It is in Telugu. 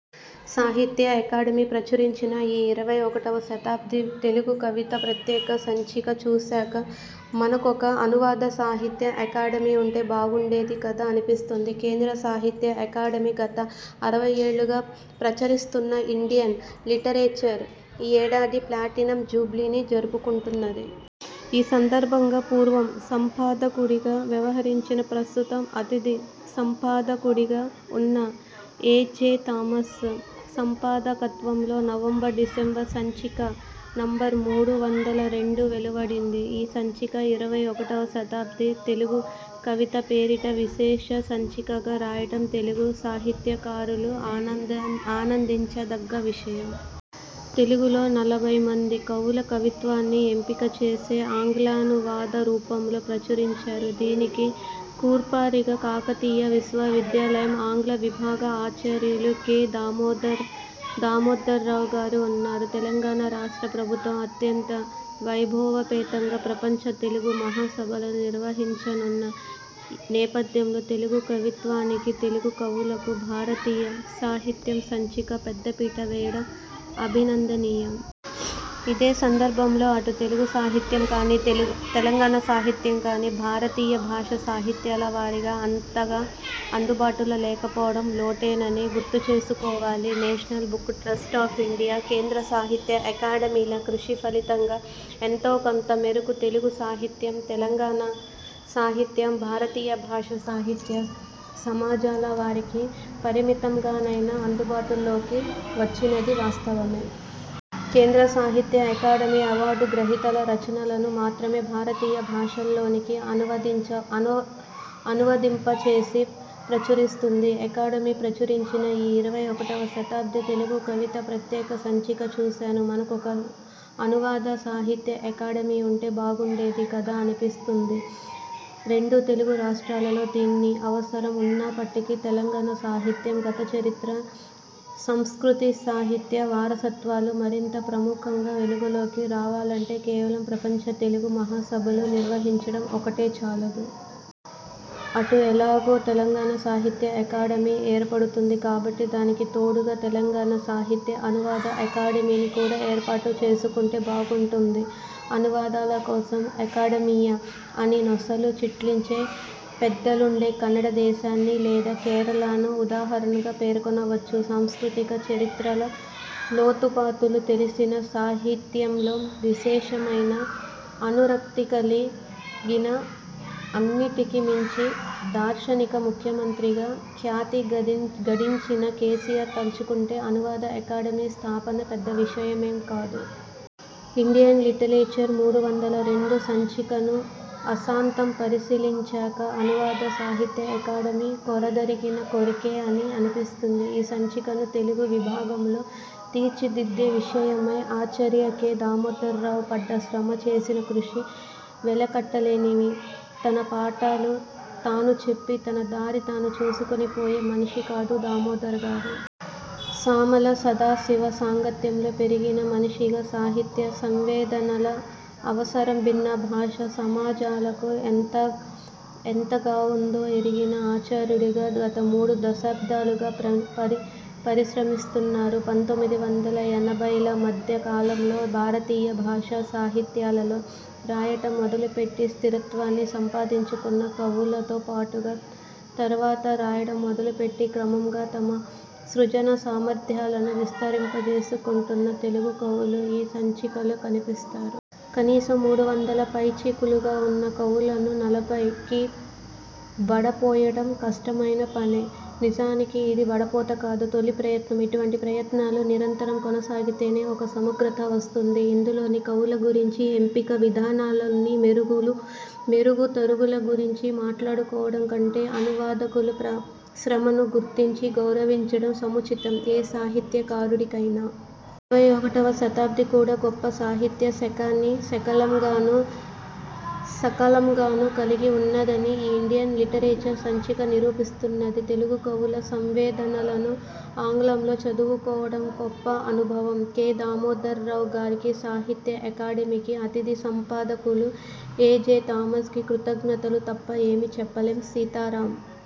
సాహిత్య అకాడమీ ప్రచురించిన ఈ ఇరవై ఒకటవ శతాబ్ది తెలుగు కవిత ప్రత్యేక సంచిక చూశాక మనకొక 'అనువాద సాహిత్య అకాడమీ' ఉంటే, బాగుండేది కదా! అనిపిస్తుంది. కేంద్ర సాహిత్య అకాడమీ గత అరవైఏళ్ళుగా ప్రచరిస్తున్న 'ఇండియన్ లిటరేచర్' ఈ ఏడాది ప్లాటినం జూబ్లీని జరుపుకుంటున్నది. ఈ సందర్భంగా పూర్వం సంపాదకుడిగా వ్యవహరించిన, ప్రస్తుతం అతిథి సంపాదకుడిగా ఉన్న ఎ. జె. థామస్ సంపాదకత్వంలో నవంబర్ డిసెంబర్ సంచిక నెంబరు మూడు వందల రెండు వెలువడింది. ఈ సంచిక 'ఇరవై ఒకటివ శతాబ్ది తెలుగు కవిత' పేరిట విశేష సంచికగా రావటం తెలుగు సాహిత్యకారులు ఆనంద ఆనందించదగ్గ విషయం. తెలుగులో నలభైమంది కవుల కవిత్వాన్ని ఎంపికచేసి ఆంగ్లానువాద రూపంలో ప్రచురించారు. దీనికి కూర్పరిగా కాకతీయ విశ్వవిద్యాలయం ఆంగ్ల విభాగ ఆచార్యులు కె. దమోదర్ దామోదర్రావుగారు ఉన్నారు. తెలంగాణ రాష్ట్ర ప్రభుత్వం అత్యంత వైభవోపేతంగా ప్రపంచ తెలుగు మహాసభలను నిర్వహించనున్న నేపథ్యంలో తెలుగు కవిత్వానికి, తెలుగు కవులకు 'భారతీయ సాహిత్యం' సంచిక పెద్దపీట వేయడం అభినందనీయం. ఇదే సందర్భంలో అటు తెలుగు సాహిత్యం కానీ, తెలంగాణ సాహిత్యం కానీ భారతీయ భాషా సాహిత్యాల వారిగా అంతగా అందుబాటులో లేకపోవటం లోటేనని గుర్తుచేసుకోవాలి. National Book Trust of India, కేంద్ర సాహిత్య అకాడమీల కృషి ఫలితంగా ఎంతోకొంత మేరకు తెలుగు సాహిత్యం, తెలంగాణ సాహిత్యం భారతీయ భాషా సాహిత్యం సమాజాల వారికి పరిమితంగానైనా అందుబాటులోకి వచ్చినదీ వాస్తవమే. కేంద్ర సాహిత్య అకాడమీ అవార్డు గ్రహీతల రచనలను మాత్రమే భారతీయ భాషలలోనికి అనువదించ అనువదింపచేసి ప్రచురిస్తుంది. అకాడమీ ప్రచురించిన ఈ ఇరవై ఒకటవ శతాబ్ది తెలుగు కవిత ప్రత్యేక సంచిక చూశాను మనకొక 'అనువాద సాహిత్య అకాడమీ' ఉంటే, బాగుండేది కదా! అనిపిస్తుంది. రెండు తెలుగు రాష్ట్రాలలో దీని అవసరం ఉన్నప్పటికీ తెలంగాణ సాహిత్యం, గతచరిత్ర, సంస్కృతి సాహిత్య వారసత్వాలు మరింత ప్రముఖంగా వెలుగులోకి రావాలంటే కేవలం ప్రపంచ తెలుగు మహాసభలు నిర్వహించడం ఒక్కటే చాలదు. అటు ఎలాగూ తెలంగాణ సాహిత్య అకాడమీ ఏర్పడుతుంది కాబట్టి దానికి తోడుగా తెలంగాణ సాహిత్య అనువాద అకాడమీని కూడా ఏర్పాటు చేసుకుంటే బాగుంటుంది. అనువాదాల కోసం అకాడమీయా అని నొసలు చిట్లించే పెద్దలుండే కన్నడ దేశాన్ని, లేదా కేరళను ఉదాహరణగా పేర్కొనవచ్చు. సంస్కృతి చరిత్రల లోతుపాతులు తెలిసిన, సాహిత్యంలో విశేషమైన అనురక్తికలి గిన, అన్నిటికీ మించి దార్శనిక ముఖ్యమంత్రిగా ఖ్యాతిగడించిన కేసీఆర్ తలచుకుంటే అనువాద అకాడమీ స్థాపన పెద్ద విషయమేం కాదు. ఇండియన్ లిటరేచర్ మూడు వందల రెండు సంచికను ఆసాంతం పరిశీలించాక అనువాద సాహిత్య అకాడమీ కోరదగిన కొరికే అని అనిపిస్తుంది. ఈ సంచికను తెలుగు విభాగంలో తీర్చిదిద్దే విషయమై ఆచార్య కె. దామోదరరావు పడ్డ శ్రమ, చేసిన కృషి వెలకట్టలేనివి. తన పాఠాలు తాను చెప్పి తన దారి తాను చూసికుని పోయే మనిషి కాదు దామోదర్ గారు. సామల సదాశివ సాంగత్యంలో పెరిగిన మనిషిగా సాహిత్య సంవేదనల అవసరం భిన్న భాషా సమాజాలకు ఎంతగావుందో ఎరిగిన ఆచార్యుడిగా గత మూడు దశాబ్దాలుగా పరి పరిశ్రమిస్తున్నారు. పంతొమ్మిది వందల ఎనభైల మధ్య కాలంలో భారతీయ భాషా సాహిత్యాలలో రాయటం మొదలుపెట్టి స్థిరత్వాన్ని సంపాదించుకున్న కవులతో పాటుగా, తర్వాత రాయటం మొదలుపెట్టి క్రమంగా తమ సృజన సామర్థ్యాలను విస్తరింపజేసుకుంటున్న తెలుగు కవులు ఈ సంచికలో కనిపిస్తారు. కనీసం మూడు వందల పైచిలుకుగా ఉన్న కవులను నలభైకి వడపోయటం కష్టమైన పనే. నిజానికి ఇది వడపోత కాదు. తొలి ప్రయత్నం. ఇటువంటి ప్రయత్నాలు నిరంతరం కొనసాగితేనే ఒక సమగ్రత వస్తుంది. ఇందులోని కవుల గురించి, ఎంపిక విధానాలలోని మెరుగులు మెరుగు తరుగుల గురించి మాట్లాడుకోవటం కంటే అనువాదకుల శ్రమను గుర్తించి గౌరవించడం సముచితం ఏ సాహిత్య కారుడికైనా. ఇరవై ఒకటివ శతాబ్ది కూడా గొప్ప సాహిత్య శకాన్ని శకలంగాను, సకలంగాను కలిగి ఉన్నదని ఈ ఇండియన్ లిటరేచర్ సంచిక నిరూపిస్తున్నది. తెలుగు కవుల సంవేదనలను ఆంగ్లంలో చదువుకోవటం గొప్ప అనుభవం. కె. దామోదర్రావు గారికి, సాహిత్య అకాడమీకి, అతిథి సంపాదకులు ఎ. జె. థామస్కి కృతజ్ఞతలు తప్ప ఏమీ చెప్పలేం. సీతారాం